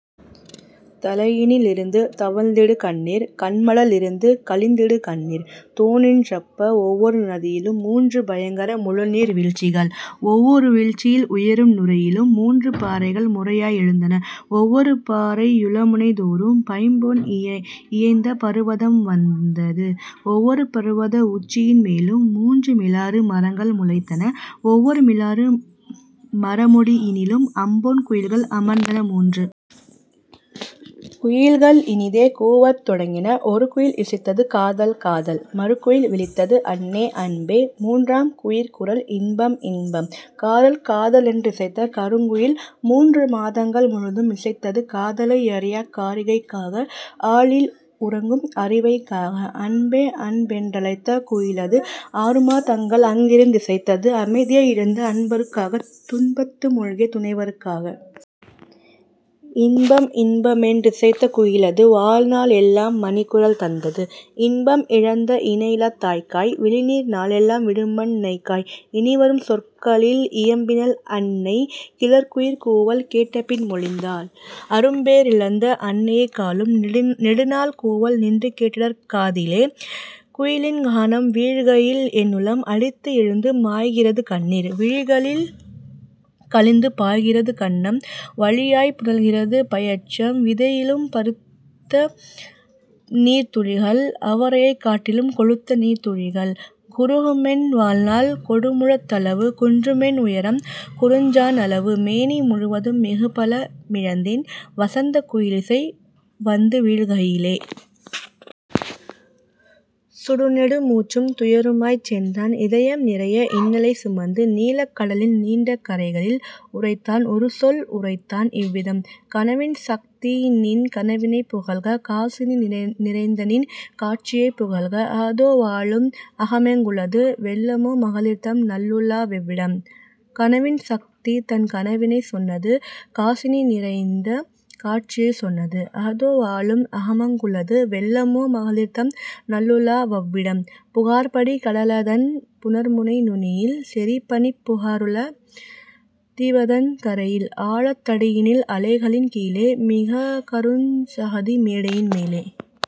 தலையினி லிருந்து தவழ்ந்திடு கண்ணீர் கண்மட லிருந்து கழிந்திடு கண்ணீர். தோன்றிற் றப்பா ஒவ்வொரு நதியிலும் முன்று பயங்கர முழுநீர் வீழ்ச்சிகள், ஒவ்வொரு வீழ்ச்சியில் உயரும் நுரையிலும் முன்று பாறைகள் முறையாய் எழுந்தன, ஒவ்வொரு பாறை யுளமுனை தோறும் பைம்பொன் இயைந்த பருவதம் வந்தது, ஒவ்வொரு பருவத உச்சியின் மேலும் முன்று மிலாறு மரங்கள் முளைத்தன, ஒவ்வொரு மிலாறு மரமுடி யினிலும் அம்பொன் குயில்கள் அமர்ந்தன முன்று. குயில்கள் இனிதே கூவத் தொடங்கின: ஒருகுயில் இசைத்தது:'காதல், காதல்! ' மறுகுயில் விளித்தது:'அன்னே, அன்பே! ' முன்றாம் குயிற்குரல்:'இன்பம், இன்பம்! ' 'காரல், காத' லென் றிசைத்த கருங்குயில் முன்றுமா தங்கள் முழுதும் இசைத்தது காதலை யறியாக் காரிகைக் காக ஆழியில் உறங்கும் அரிவைக் காக. 'அன்பே, அன்பே'யென் றழைத்த குயிலது ஆறுமா தங்கள் ஆங்கிருந் திசைத்தது அமைதியை இழந்த அன்பருக் காக துன்பத்து முழ்கிய துணைவருக் காக. 'இன்பம், இன்ப'மென் றிசைத்த குயிலது வாழ்நாள் எல்லாம் மணிக்குரல் தந்தது இன்பம் இழந்த இணையிலாத் தாய்க்காய் விழிநீர் நாளெலாம் விடுமன் னைக்காய். இனிவரும் சொற்களில் இயம்பினள் அன்னை கிளர்குயிற் கூவல் கேட்டபின் மொழிந்தாள்: "அரும்பே றிழந்த அன்னையெக் காலும் நெடுநாள் கூவல் நின்றுகேட் டிடற்க காதிலே குயிலின் கானம் வீழ்கையில் என்னுளம் அடித்து எழுந்து மாய்கிறது கண்ணீர் விழிகளில் கழிந்துபாய் கிறது கன்னம் வழியாய்ப் புனல் கிறது பயற்றம் விதையிலும் பருத்தநீர்த் துளிகள் அவரையைக் காட்டிலும் கொழுத்த நீர்த்துளிகள்; குறுகுமென் வாழ்நாள் கொடுமுழத் தளவு குன்றுமென் உயரம் குறுஞ்சாண் அளவு மேனி முழுவதும் மிகுபல மிழந்தேன் வசந்தக் குயிலிசை வந்துவீழ் கையிலே. சுடுநெடு மூச்சும் துயருமாய்ச் சென்றான் இதயம் நிறைய இன்னலைச் சுமந்து நீலக் கடலின் நீண்ட கரைகளில் உரைத்தான் ஒருசொல் உரைத்தான் இவ்விதம்: "கனவின் சக்திநின் கனவினைப் புகல்க காசினி நிறைந்தநின் காட்சியைப் புகல்க அஹ்தோ வாழும் அகமெங் குளது வெல்லமோ மகளிர்தம் நல்லுலா வெவ்விடம்? " கனவின் சக்திதன் கனவினைச் சொன்னது காசினி நிறைந்த காட்சியைச் சொன்னது: "அஹ்தோ வாழும் அகமாங் குளது வெல்லமோ மகளிர்தம் நல்லுலா வவ்விடம் புகார்படி கடலதன் புணர்முனை நுனியில் செறிபனிப் புகாருள தீவதன் கரையில் ஆழத் தடியினில் அலைகளின் கீழே மிகுகருஞ் சகதி மேடையின் மேலே.